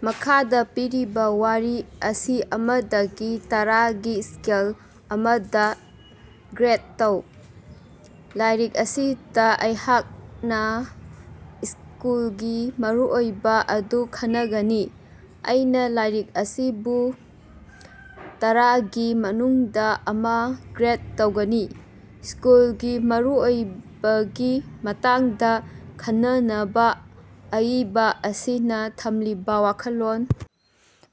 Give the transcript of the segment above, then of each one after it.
ꯃꯈꯥꯗ ꯄꯤꯔꯤꯕ ꯋꯥꯔꯤ ꯑꯁꯤꯑꯃꯗꯒꯤ ꯇꯔꯥ ꯒꯤ ꯁ꯭ꯀꯦꯜ ꯑꯃꯗ ꯒ꯭ꯔꯦꯗ ꯇꯧ꯫ ꯂꯥꯏꯔꯤꯛ ꯑꯁꯤꯗ ꯑꯩꯍꯥꯛꯅ ꯁ꯭ꯀꯨꯜꯒꯤ ꯃꯔꯨꯑꯣꯏꯕ ꯑꯗꯨ ꯈꯟꯅꯒꯅꯤ꯫ ꯑꯩꯅ ꯂꯥꯏꯔꯤꯛ ꯑꯁꯤꯕꯨ ꯇꯔꯥꯒꯤ ꯃꯅꯨꯡꯗ ꯑꯃ ꯒ꯭ꯔꯦꯗ ꯇꯧꯒꯅꯤ, ꯁ꯭ꯀꯨꯜꯒꯤ ꯃꯔꯨꯑꯣꯏꯕꯒꯤ ꯃꯇꯥꯡꯗ ꯈꯟꯅꯅꯕ ꯑꯏꯕ ꯑꯁꯤꯅ ꯊꯝꯂꯤꯕ ꯋꯥꯈꯜꯂꯣꯟ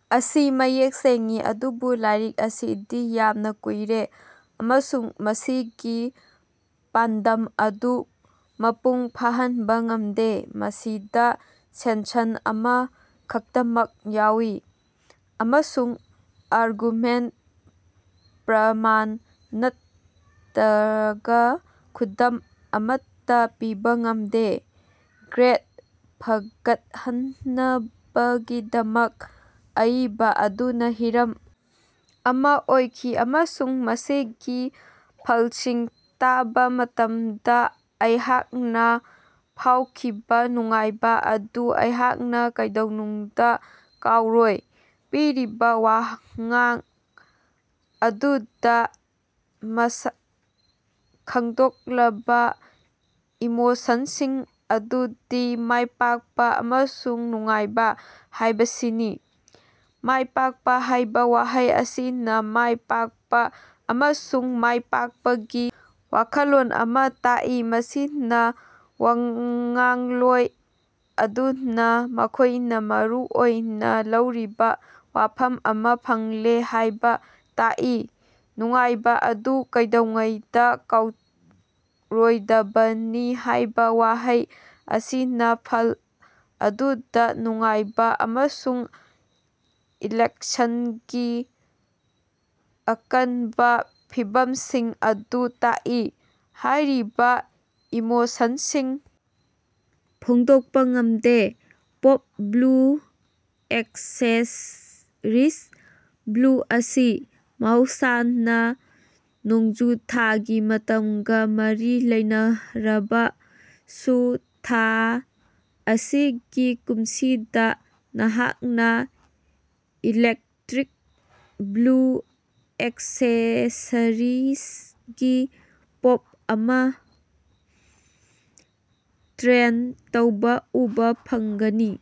ꯑꯁꯤ ꯃꯌꯦꯛ ꯁꯦꯡꯏ ꯑꯗꯨꯕꯨ ꯂꯥꯏꯔꯤꯛ ꯑꯁꯤꯗꯤ ꯌꯥꯝꯅ ꯀꯨꯏꯔꯦ ꯑꯃꯁꯨꯡ ꯃꯁꯤꯒꯤ ꯄꯥꯟꯗꯝ ꯑꯗꯨ ꯃꯄꯨꯡ ꯐꯥꯍꯟꯕ ꯉꯝꯗꯦ꯫ ꯃꯁꯤꯗ ꯁꯦꯟꯁꯟ ꯑꯃ ꯈꯛꯇꯃꯛ ꯌꯥꯎꯏ ꯑꯃꯁꯨꯡ ꯑꯥꯔꯒꯨꯃꯦꯟꯠ, ꯄ꯭ꯔꯃꯥꯟ ꯅꯠꯇꯔꯒ ꯈꯨꯗꯝ ꯑꯃꯠꯇ ꯄꯤꯕ ꯉꯝꯗꯦ꯫ ꯒ꯭ꯔꯦꯗ ꯐꯒꯠꯍꯟꯅꯕꯒꯤꯗꯃꯛ, ꯑꯏꯕ ꯑꯗꯨꯅ ꯍꯤꯔꯝ ꯑꯃ ꯑꯣꯏꯈꯤ, ꯑꯃꯁꯨꯡ ꯃꯁꯤꯒꯤ ꯐꯜꯁꯤꯡ ꯇꯥꯕ ꯃꯇꯝꯗ ꯑꯩꯍꯥꯛꯅ ꯐꯥꯎꯈꯤꯕ ꯅꯨꯡꯉꯥꯏꯕ ꯑꯗꯨ ꯑꯩꯍꯥꯛꯅ ꯀꯩꯗꯧꯅꯨꯡꯗ ꯀꯥꯎꯔꯣꯏ꯫ ꯄꯤꯔꯤꯕ ꯋꯥꯉꯥꯡ ꯑꯗꯨꯗ ꯃꯁꯛ ꯈꯪꯗꯣꯛꯂꯕ ꯏꯃꯣꯁꯟꯁꯤꯡ ꯑꯗꯨꯗꯤ ꯃꯥꯏꯄꯥꯛꯄ ꯑꯃꯁꯨꯡ ꯅꯨꯡꯉꯥꯏꯕ ꯍꯥꯏꯕꯁꯤꯅꯤ꯫ ꯃꯥꯏꯄꯥꯛꯄ ꯍꯥꯏꯕ ꯋꯥꯍꯩ ꯑꯁꯤꯅ ꯃꯥꯏ ꯄꯥꯛꯄ ꯑꯃꯁꯨꯡ ꯃꯥꯏꯄꯥꯛꯄꯒꯤ ꯋꯥꯈꯜꯂꯣꯟ ꯑꯃꯥ ꯇꯥꯛꯏ, ꯃꯁꯤꯅ ꯋꯥꯉꯥꯡꯂꯣꯏ ꯑꯗꯨꯅ ꯃꯈꯣꯏꯅ ꯃꯔꯨ ꯑꯣꯏꯅ ꯂꯧꯔꯤꯕ ꯋꯥꯐꯝ ꯑꯃꯥ ꯐꯪꯂꯦ ꯍꯥꯏꯕ ꯇꯥꯛꯏ꯫ ꯅꯨꯡꯉꯥꯏꯕ ꯑꯗꯨ ꯀꯩꯗꯧꯉꯩꯗ ꯀꯥꯎꯔꯣꯏꯗꯕꯅꯤ ꯍꯥꯏꯕ ꯋꯥꯍꯩ ꯑꯁꯤꯅ ꯐꯜ ꯑꯗꯨꯗ ꯅꯨꯡꯉꯥꯏꯕ ꯑꯃꯁꯨꯡ ꯏꯂꯦꯛꯁꯟꯒꯤ ꯑꯀꯟꯕ ꯐꯤꯚꯝꯁꯤꯡ ꯑꯗꯨ ꯇꯥꯛꯏ꯫ ꯍꯥꯏꯔꯤꯕ ꯏꯃꯣꯁꯟꯁꯤꯡ ꯐꯣꯡꯗꯣꯛꯄ ꯉꯝꯗꯦ꯫ ꯄꯣꯞ ꯕ꯭ꯂꯨ ꯑꯦꯛꯁꯦꯁꯔꯤꯖ: ꯕ꯭ꯂꯨ ꯑꯁꯤ ꯃꯍꯧꯁꯥꯅ ꯅꯣꯡꯖꯨ ꯊꯥꯒꯤ ꯃꯇꯝꯒ ꯃꯔꯤ ꯂꯩꯅꯔꯕꯁꯨ, ꯊꯥ ꯑꯁꯤꯒꯤ ꯀꯨꯝꯁꯤꯗ, ꯅꯍꯥꯛꯅ ꯏꯂꯦꯛꯇ꯭ꯔꯤꯛ ꯕ꯭ꯂꯨ ꯑꯦꯛꯁꯦꯁꯔꯤꯖꯒꯤ ꯄꯣꯞ ꯑꯃꯥ ꯇ꯭ꯔꯦꯟꯗ ꯇꯧꯕ ꯎꯕ ꯐꯪꯒꯅꯤ꯫